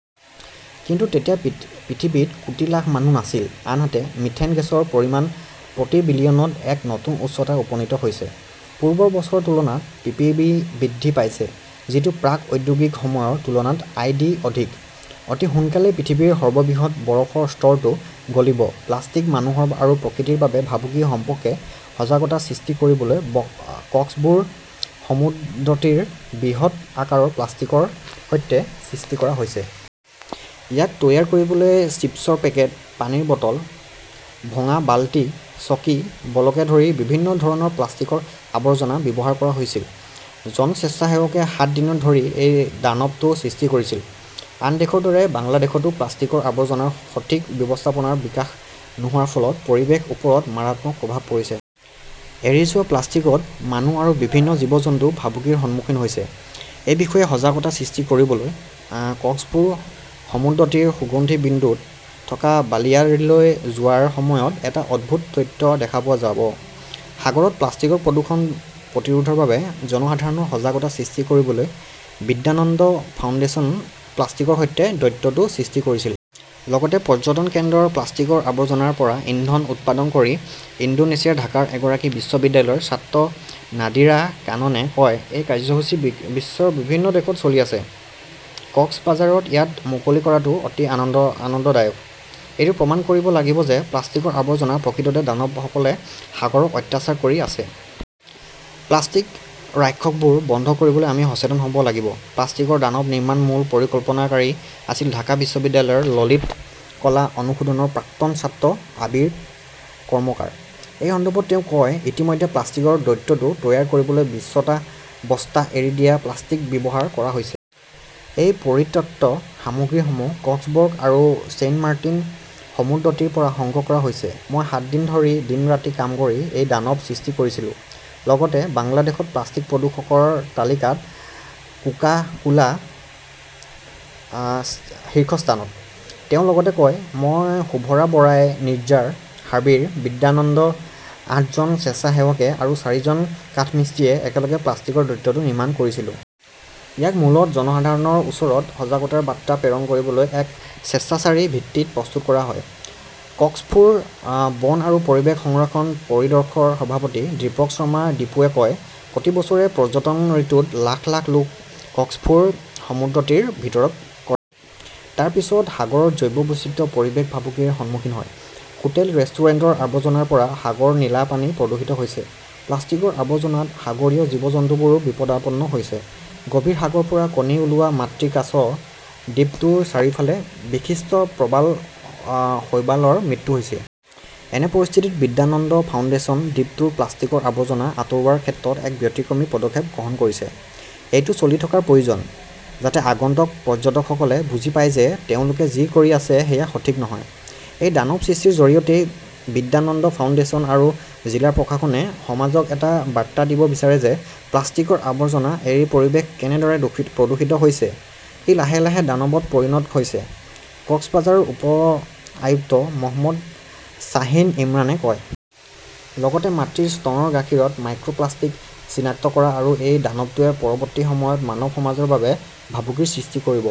কিন্তু তেতিয়া পৃথিৱীত কোটি লাখ মানুহ নাছিল। আনহাতে, মিথেন গেছৰ পৰিমাণ প্ৰতি বিলিয়নত এক নতুন উচ্চতাত উপনীত হৈছে। পূৰ্বৰ বছৰৰ তুলনাত পিপিবি বৃদ্ধি পাইছে যিটো প্ৰাক-ঔদ্যোগিক সময়ৰ তুলনাত আই. ডি. অধিক। অতি সোনকালেই পৃথিৱীৰ সৰ্ববৃহৎ বৰফৰ স্তৰটো গলিব, প্লাষ্টিক মানুহ আৰু প্ৰকৃতিৰ বাবে ভাবুকি সম্পৰ্কে সজাগতা সৃষ্টি কৰিবলৈ কক্সবুৰ সমুদ্ৰতীৰত বৃহৎ আকাৰৰ প্লাষ্টিকৰ দৈত্য সৃষ্টি কৰা হৈছে। ইয়াক তৈয়াৰ কৰিবলৈ চিপছৰ পেকেট, পানীৰ বটল, ভঙা বালতি, চকী, বলকে ধৰি বিভিন্ন ধৰণৰ প্লাষ্টিকৰ আৱৰ্জনা ব্যৱহাৰ কৰা হৈছিল। জন স্বেচ্ছাসেৱকে সাত দিন ধৰি এই দানৱটো সৃষ্টি কৰিছিল। আন দেশৰ দৰে বাংলাদেশতো প্লাষ্টিকৰ আৱৰ্জনাৰ সঠিক ব্যৱস্থাপনাৰ বিকাশ নোহোৱাৰ ফলত পৰিৱেশৰ ওপৰত মাৰাত্মক প্ৰভাৱ পৰিছে। এৰি যোৱা প্লাষ্টিকত মানুহ আৰু বিভিন্ন জীৱ-জন্তু ভাবুকিৰ সন্মুখীন হৈছে। এই বিষয়ে সজাগতা সৃষ্টি কৰিবলৈ কক্সবুৰ সমুদ্ৰতীৰৰ সুগন্ধি বিন্দুত থকা বালিয়াড়ীলৈ যোৱাৰ সময়ত এটা অদ্ভুত দৈত্য দেখা পোৱা যাব। সাগৰত প্লাষ্টিকৰ প্ৰদূষণ প্ৰতিৰোধৰ বাবে জনসাধাৰণৰ সজাগতা সৃষ্টি কৰিবলৈ "বিদ্যানন্দ ফাউণ্ডেশ্যন"এ প্লাষ্টিকৰ দৈত্যটো সৃষ্টি কৰিছিল। লগতে পৰ্যটন কেন্দ্ৰৰ প্লাষ্টিকৰ আৱৰ্জনাৰ পৰা ইন্ধন উৎপাদন কৰি ইণ্ডোনেছিয়াৰ ঢাকাৰ এগৰাকী বিশ্ববিদ্যালয়ৰ ছাত্ৰ নাদিৰা কাননে কয়, এই কাৰ্যসূচী বিশ্বৰ বিভিন্ন দেশত চলি আছে। কক্সবাজাৰত ইয়াক মুকলি কৰাটো অতি আনন্দদায়ক। এইটো প্ৰমাণ কৰিব লাগিব যে প্লাষ্টিকৰ আৱৰ্জনা প্ৰকৃততে দানৱসকলে সাগৰক অত্যাচাৰ কৰি আছে। প্লাষ্টিকৰ ৰাক্ষসবোৰ বন্ধ কৰিবলৈ আমি সচেতন হ 'ব লাগিব। প্লাষ্টিকৰ দানৱ নিৰ্মাণৰ মূল পৰিকল্পনাকাৰী আছিল ঢাকা বিশ্ববিদ্যালয়ৰ ললিত কলা অনুষদৰ প্ৰাক্তন ছাত্ৰ আবিৰ কৰ্মকাৰ। এই সন্দৰ্ভত তেওঁ কয়, "ইতিমধ্যে প্লাষ্টিকৰ দৈত্যটো তৈয়াৰ কৰিবলৈ বিছটা বস্তা এৰি দিয়া প্লাষ্টিক ব্যৱহাৰ কৰা হৈছে। এই পৰিত্যক্ত সামগ্ৰীসমূহ কক্সবৰ্গ আৰু ছেইণ্টমাৰ্টিন সমুদ্ৰতীৰৰ পৰা সংগ্ৰহ কৰা হৈছে। মই সাত দিন ধৰি দিন-ৰাতি কাম কৰি এই দানৱ সৃষ্টি কৰিছিলো।" লগতে বাংলাদেশত প্লাষ্টিক প্ৰদূষকৰ তালিকাত কোকা-কোলা শীৰ্ষস্থানত। তেওঁ লগতে কয়, মই শুভৰা বৰাই নিৰ্জাৰ, সাবিৰ, বিদ্যানন্দৰ আঠজন স্বেচ্ছাসেৱকে আৰু চাৰিজন কাঠমিস্ত্ৰীয়ে একেলগে প্লাষ্টিকৰ দৈত্যটো নিৰ্মাণ কৰিছিলো। ইয়াক মূলতঃ জনসাধাৰণৰ ওচৰত সজাগতাৰ বাৰ্তা প্ৰেৰণ কৰিবলৈ এক স্বেচ্ছাচাৰী ভিত্তিত প্ৰস্তুত কৰা হয়। "কক্সফুৰ বন আৰু পৰিৱেশ সংৰক্ষণ পৰিদৰ্শৰ সভাপতি দীপক শৰ্মা দীপুৱে কয়", "প্ৰতি বছৰে পৰ্যটন ঋতুত লাখ লাখ লোক কক্সফুৰ সমুদ্ৰতীৰত ভিৰ কৰে। তাৰ পিছত সাগৰৰ জৈৱ বৈচিত্ৰ্য, পৰিৱেশ ভাবুকিৰ সন্মুখীন হয়। হোটেল-ৰেষ্টুৰেণ্টৰ আৱৰ্জনাৰ পৰা সাগৰৰ নীলা পানী প্ৰদূষিত হৈছে। প্লাষ্টিকৰ আৱৰ্জনাত সাগৰীয় জীৱ-জন্তুবোৰ বিপদাপন্ন হৈছে। গভীৰ সাগৰৰ পৰা কণী ওলোৱা মাতৃ কাছ, দ্বীপটোৰ চাৰিওফালে বিক্ষিপ্ত প্ৰবাল-শৈবালৰ মৃত্যু হৈছে। এনে পৰিস্থিতিত বিদ্যাানন্দ ফাউণ্ডেচন দ্বীপটোৰ প্লাষ্টিকৰ আৱৰ্জনা আঁতৰোৱাৰ ক্ষেত্ৰত এক ব্যতিক্ৰমী পদক্ষেপ গ্ৰহণ কৰিছে। এইটো চলি থকাৰ প্ৰয়োজন। যাতে আগন্তুক পৰ্যটকসকলে বুজি পায় যে তেওঁলোকে যি কৰি আছে সেয়া সঠিক নহয়। এই দানৱ সৃষ্টিৰ জৰিয়তেই বিদ্যানন্দ ফাউণ্ডেশ্যন আৰু জিলা প্ৰশাসনে সমাজক এটা বাৰ্তা দিব বিচাৰে যে প্লাষ্টিকৰ আৱৰ্জনা এৰি পৰিৱেশ কেনেদৰে প্ৰদূষিত হৈছে, ই লাহে লাহে দানৱত পৰিণত হৈছে, কক্সবাজাৰৰ উপ-আয়ুক্ত মহম্মদ শ্বাহিন ইমৰানে কয়। লগতে মাতৃৰ স্তনৰ গাখীৰত মাইক্ৰ'প্লাষ্টিক চিনাক্ত কৰা আৰু এই দানৱটোৱে পৰৱৰ্তী সময়ত মানৱ সমাজৰ বাবে ভাবুকিৰ সৃষ্টি কৰিব।